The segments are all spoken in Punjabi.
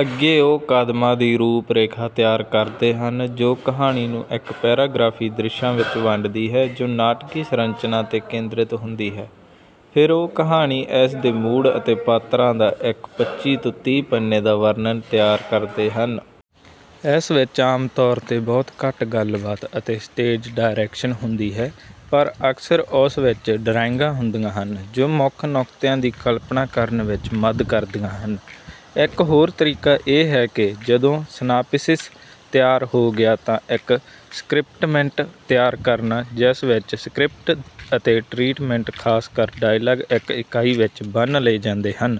ਅੱਗੇ ਉਹ ਕਦਮਾਂ ਦੀ ਰੂਪ-ਰੇਖਾ ਤਿਆਰ ਕਰਦੇ ਹਨ, ਜੋ ਕਹਾਣੀ ਨੂੰ ਇੱਕ-ਪੈਰਾਗ੍ਰਾਫ਼ੀ ਦ੍ਰਿਸ਼ਾਂ ਵਿੱਚ ਵੰਡਦੀ ਹੈ ਜੋ ਨਾਟਕੀ ਸੰਰਚਨਾ 'ਤੇ ਕੇਂਦ੍ਰਿਤ ਹੁੰਦੀ ਹੈ। ਫਿਰ, ਉਹ ਕਹਾਣੀ, ਇਸ ਦੇ ਮੂਡ ਅਤੇ ਪਾਤਰਾਂ ਦਾ ਇੱਕ ਪੱਚੀ ਤੋਂ ਤੀਂਹ ਪੰਨੇ ਦਾ ਵਰਣਨ ਤਿਆਰ ਕਰਦੇ ਹਨ। ਇਸ ਵਿੱਚ ਆਮ ਤੌਰ 'ਤੇ ਬਹੁਤ ਘੱਟ ਗੱਲਬਾਤ ਅਤੇ ਸਟੇਜ ਡਾਇਰੈਕਸ਼ਨ ਹੁੰਦੀ ਹੈ, ਪਰ ਅਕਸਰ ਉਸ ਵਿੱਚ ਡਰਾਇੰਗਾਂ ਹੁੰਦੀਆਂ ਹਨ ਜੋ ਮੁੱਖ ਨੁਕਤਿਆਂ ਦੀ ਕਲਪਨਾ ਕਰਨ ਵਿੱਚ ਮਦ ਕਰਦੀਆਂ ਹਨ। ਇੱਕ ਹੋਰ ਤਰੀਕਾ ਇਹ ਹੈ ਕਿ ਜਦੋਂ ਸਿਨਾਪਸਿਸ ਤਿਆਰ ਹੋ ਗਿਆ ਤਾਂ ਇੱਕ ਸਕ੍ਰਿਪਟਮੈਂਟ ਤਿਆਰ ਕਰਨਾ ਜਿਸ ਵਿੱਚ ਸਕ੍ਰਿਪਟ ਅਤੇ ਟਰੀਟਮੈਂਟ ਖ਼ਾਸ ਕਰ ਡਾਇਲਾਗ ਇੱਕ ਇਕਾਈ ਵਿੱਚ ਬੰਨ੍ਹ ਲਏ ਜਾਂਦੇ ਹਨ।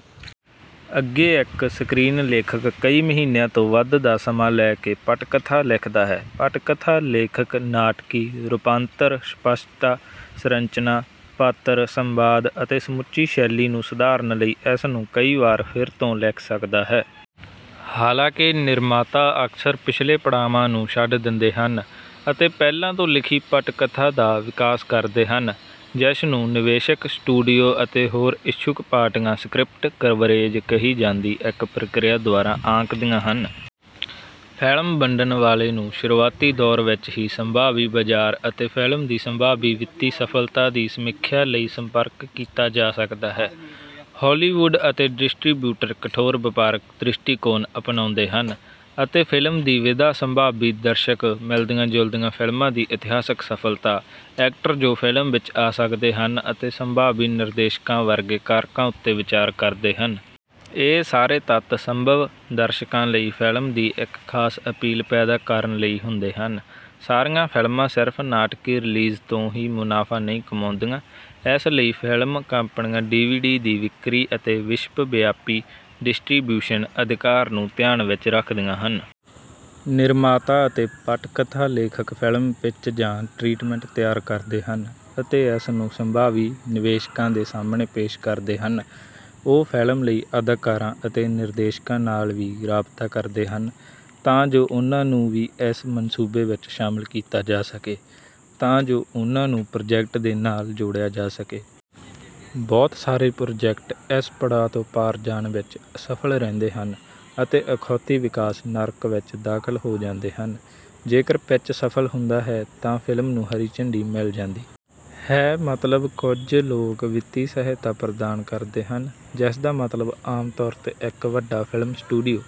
ਅੱਗੇ, ਇੱਕ ਸਕ੍ਰੀਨਲੇਖਕ ਕਈ ਮਹੀਨਿਆਂ ਤੋਂ ਵੱਧ ਦਾ ਸਮਾਂ ਲੈ ਕੇ ਪਟਕਥਾ ਲਿਖਦਾ ਹੈ। ਪਟਕਥਾ ਲੇਖਕ ਨਾਟਕੀ ਰੂਪਾਂਤਰ, ਸਪਸ਼ਟਤਾ, ਸੰਰਚਨਾ, ਪਾਤਰ, ਸੰਵਾਦ ਅਤੇ ਸਮੁੱਚੀ ਸ਼ੈਲੀ ਨੂੰ ਸੁਧਾਰਨ ਲਈ ਇਸਨੂੰ ਕਈ ਵਾਰ ਫਿਰ ਤੋਂ ਲਿਖ ਸਕਦਾ ਹੈ। ਹਾਲਾਂਕਿ, ਨਿਰਮਾਤਾ ਅਕਸਰ ਪਿਛਲੇ ਪੜਾਵਾਂ ਨੂੰ ਛੱਡ ਦਿੰਦੇ ਹਨ ਅਤੇ ਪਹਿਲਾਂ ਤੋਂ ਲਿਖੀ ਪਟਕਥਾ ਦਾ ਵਿਕਾਸ ਕਰਦੇ ਹਨ ਜਿਸਨੂੰ ਨਿਵੇਸ਼ਕ, ਸਟੂਡੀਓ ਅਤੇ ਹੋਰ ਇੱਛੁਕ ਪਾਰਟੀਆਂ ਸਕ੍ਰਿਪਟ ਕਵਰੇਜ ਕਹੀ ਜਾਂਦੀ ਇੱਕ ਪ੍ਰਕਿਰਿਆ ਦੁਆਰਾ ਆਂਕਦੀਆਂ ਹਨ। ਫ਼ਿਲਮ ਵੰਡਣ ਵਾਲੇ ਨੂੰ ਸ਼ੁਰੂਆਤੀ ਦੌਰ ਵਿੱਚ ਹੀ ਸੰਭਾਵੀ ਬਾਜ਼ਾਰ ਅਤੇ ਫ਼ਿਲਮ ਦੀ ਸੰਭਾਵੀ ਵਿੱਤੀ ਸਫਲਤਾ ਦੀ ਸਮੀਖਿਆ ਲਈ ਸੰਪਰਕ ਕੀਤਾ ਜਾ ਸਕਦਾ ਹੈ। ਹਾਲੀਵੁੱਡ ਦੇ ਡਿਸਟਰੀਬਿਊਟਰ ਕਠੋਰ ਵਪਾਰਕ ਦ੍ਰਿਸ਼ਟੀਕੋਣ ਅਪਣਾਉਂਦੇ ਹਨ ਅਤੇ ਫ਼ਿਲਮ ਦੀ ਵਿਧਾ, ਸੰਭਾਵੀ ਦਰਸ਼ਕ, ਮਿਲਦੀਆਂ-ਜੁਲਦੀਆਂ ਫ਼ਿਲਮਾਂ ਦੀ ਇਤਿਹਾਸਿਕ ਸਫਲਤਾ, ਐਕਟਰ ਜੋ ਫ਼ਿਲਮ ਵਿੱਚ ਆ ਸਕਦੇ ਹਨ ਅਤੇ ਸੰਭਾਵੀ ਨਿਰਦੇਸ਼ਕਾਂ ਵਰਗੇ ਕਾਰਕਾਂ ਉੱਤੇ ਵਿਚਾਰ ਕਰਦੇ ਹਨ। ਇਹ ਸਾਰੇ ਤੱਤ ਸੰਭਵ ਦਰਸ਼ਕਾਂ ਲਈ ਫ਼ਿਲਮ ਦੀ ਇੱਕ ਖਾਸ ਅਪੀਲ ਪੈਦਾ ਕਰਨ ਲਈ ਹੁੰਦੇ ਹਨ। ਸਾਰੀਆਂ ਫ਼ਿਲਮਾਂ ਸਿਰਫ਼ ਨਾਟਕੀ ਰਿਲੀਜ਼ ਤੋਂ ਹੀ ਮੁਨਾਫ਼ਾ ਨਹੀਂ ਕਮਾਉਂਦੀਆਂ, ਇਸ ਲਈ ਫ਼ਿਲਮ ਕੰਪਨੀਆਂ ਡੀਵੀਡੀ ਦੀ ਵਿਕਰੀ ਅਤੇ ਵਿਸ਼ਵਵਿਆਪੀ ਡਿਸਟ੍ਰੀਬਿਊਸ਼ਨ ਅਧਿਕਾਰ ਨੂੰ ਧਿਆਨ ਵਿੱਚ ਰੱਖਦੀਆਂ ਹਨ। ਨਿਰਮਾਤਾ ਅਤੇ ਪਟਕਥਾ ਲੇਖਕ ਫ਼ਿਲਮ ਪਿੱਚ ਜਾਂ ਟਰੀਟਮੈਂਟ ਤਿਆਰ ਕਰਦੇ ਹਨ ਅਤੇ ਇਸਨੂੰ ਸੰਭਾਵੀ ਨਿਵੇਸ਼ਕਾਂ ਦੇ ਸਾਹਮਣੇ ਪੇਸ਼ ਕਰਦੇ ਹਨ। ਉਹ ਫ਼ਿਲਮ ਲਈ ਅਦਾਕਾਰਾਂ ਅਤੇ ਨਿਰਦੇਸ਼ਕਾਂ ਨਾਲ ਵੀ ਰਾਬਤਾ ਕਰਦੇ ਹਨ ਤਾਂ ਜੋ ਉਨ੍ਹਾਂ ਨੂੰ ਵੀ ਇਸ ਮਨਸੂਬੇ ਵਿੱਚ ਸ਼ਾਮਲ ਕੀਤਾ ਜਾ ਸਕੇ ਤਾਂ ਜੋ ਉਹਨਾਂ ਨੂੰ ਪ੍ਰੋਜੈਕਟ ਦੇ ਨਾਲ ਜੋੜਿਆ ਜਾ ਸਕੇ। ਬਹੁਤ ਸਾਰੇ ਪ੍ਰੋਜੈਕਟ ਇਸ ਪੜਾਅ ਤੋਂ ਪਾਰ ਜਾਣ ਵਿੱਚ ਅਸਫਲ ਰਹਿੰਦੇ ਹਨ ਅਤੇ ਅਖੌਤੀ ਵਿਕਾਸ ਨਰਕ ਵਿੱਚ ਦਾਖ਼ਲ ਹੋ ਜਾਂਦੇ ਹਨ। ਜੇਕਰ ਪਿੱਚ ਸਫਲ ਹੁੰਦਾ ਹੈ ਤਾਂ ਫ਼ਿਲਮ ਨੂੰ ਹਰੀ ਝੰਡੀ ਮਿਲ ਜਾਂਦੀ ਹੈ, ਮਤਲਬ ਕੁਝ ਲੋਕ ਵਿੱਤੀ ਸਹਾਇਤਾ ਪ੍ਰਦਾਨ ਕਰਦੇ ਹਨ ਜਿਸਦਾ ਮਤਲਬ ਆਮ ਤੌਰ 'ਤੇ ਇੱਕ ਵੱਡਾ ਫ਼ਿਲਮ ਸਟੂਡੀਓ